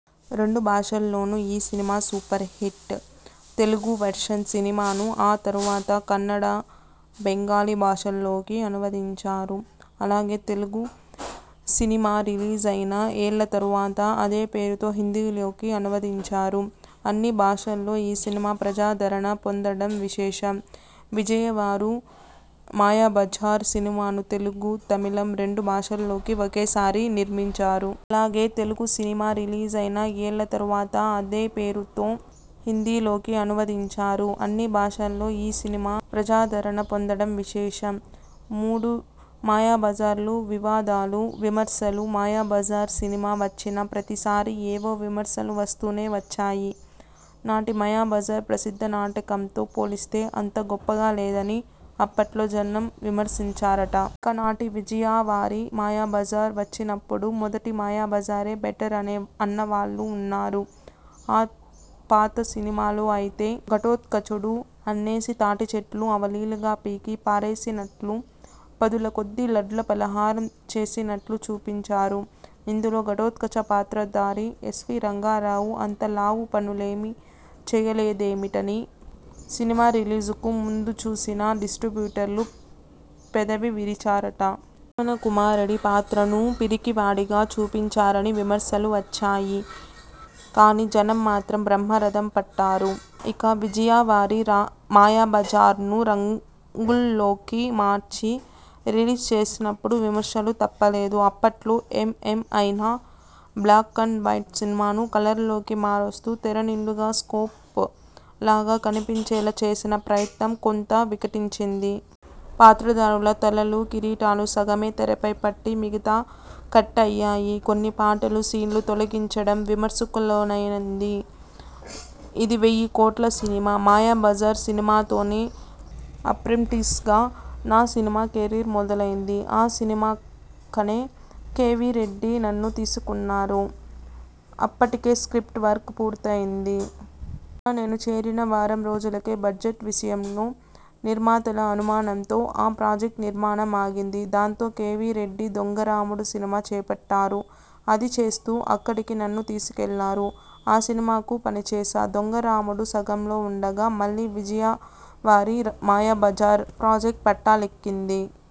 రెండు భాషల్లోనూ ఈ సినిమా సూపర్ హిట్. తెలుగు వెర్షన్ సినిమాను ఆ తరువాత కన్నడ, బెంగాలీ భాషల్లోకి అనువదించారు. అలాగే, తెలుగు సినిమారిలీజైన ఏళ్ళ తరువాత అదే పేరుతో హిందీలోకి అనువదించారు. అన్ని భాషల్లో ఈ సినిమా ప్రజాదరణ పొందడం విశేషం. విజయ వారు మాయాబజార్ సినిమాను తెలుగు, తమిళం రెండు భాషల్లో ఒకేసారి నిర్మించారు. అలాగే, తెలుగు సినిమారిలీజైన ఏళ్ళ తరువాత అదే పేరుతో హిందీలోకి అనువదించారు. అన్ని భాషల్లో ఈ సినిమా ప్రజాదరణ పొందడం విశేషం. మూడు మాయాబజార్లు వివాదాలు విమర్శలు మాయాబజార్ సినిమా వచ్చిన ప్రతిసారీ ఏవో విమర్శలు వస్తూనే వచ్చాయి. నాటి మాయాబజార్ ప్రసిద్ధ నాటకంతో పోలిస్తే అంత గొప్పగా లేదని అప్పట్లో జనం విమర్శించారట. ఇక, నాటి విజయా వారి మాయాబజార్ వచ్చినప్పుడు మొదటి మాయాబజారే బెటర్ అన్నవాళ్ళూ ఉన్నారు. ఆ పాత సినిమాలో అయితే, ఘటోత్కచుడు అన్నేసి తాటి చెట్లు అవలీలగా పీకి పారేసినట్లూ, పదుల కొద్దీ లడ్లు ఫలహారం చేసినట్లూ చూపించారు. ఇందులో ఘటోత్కచ పాత్రధారి ఎస్వీ రంగారావు అంత లావు పనులేమీ చేయలేదేమిటని సినిమా రిలీజుకు ముందు చూసిన డిస్ట్రిబ్యూటర్లు పెదవి విరిచారట. లక్ష్మణ కుమారుడి పాత్రను పిరికివాడిగా చూపించారని విమర్శలు వచ్చాయి. కానీ జనం మాత్రం బ్రహ్మరథం పట్టారు. ఇక, విజయా వారి మాయాబజార్ను రంగుల్లోకి మార్చి, రిలీజ్ చేసినప్పుడూ విమర్శలు తప్పలేదు. అప్పట్లో ఎం. ఎం. అయిన బ్లాక్ అండ్ వైట్ సినిమాను కలర్లోకి మారుస్తూ, తెర నిండుగా స్కోప్ లాగా కనిపించేలా చేసిన ప్రయత్నం కొంత వికటించింది. పాత్రధారుల తలలు, కిరీటాలు సగమే తెరపై పట్టి, మిగతా కట్ అయ్యాయి. కొన్ని పాటలు, సీన్లు తొలగించడం విమర్శకులోనైంది. ఇది వెయ్యికోట్ల సినిమా ''మాయాబజార్ సినిమాతోనే అప్రెంటిస్ గా నా సినిమా కెరీర్ మొదలైంది. ఆ సినిమాకనే కె. వి. రెడ్డి నన్ను తీసుకున్నారు. అప్పటికే స్ర్కిప్ట్ వర్క్ పూర్తయింది. తీరా, నేను చేరిన వారం రోజులకే బడ్జెట్ విషయంలో నిర్మాతల అనుమానంతో ఆ ప్రాజెక్ట్ నిర్మాణం ఆగింది. దాంతో, కె. వి. రెడ్డి 'దొంగరాముడు' సినిమా చేపట్టారు. అది చేస్తూ, అక్కడికి నన్ను తీసుకెళ్ళారు. ఆ సినిమాకు పనిచేశా. దొంగరాముడు సగంలో ఉండగా, మళ్ళీ విజయా వారి మాయాబజార్ ప్రాజెక్ట్ పట్టాలెక్కింది.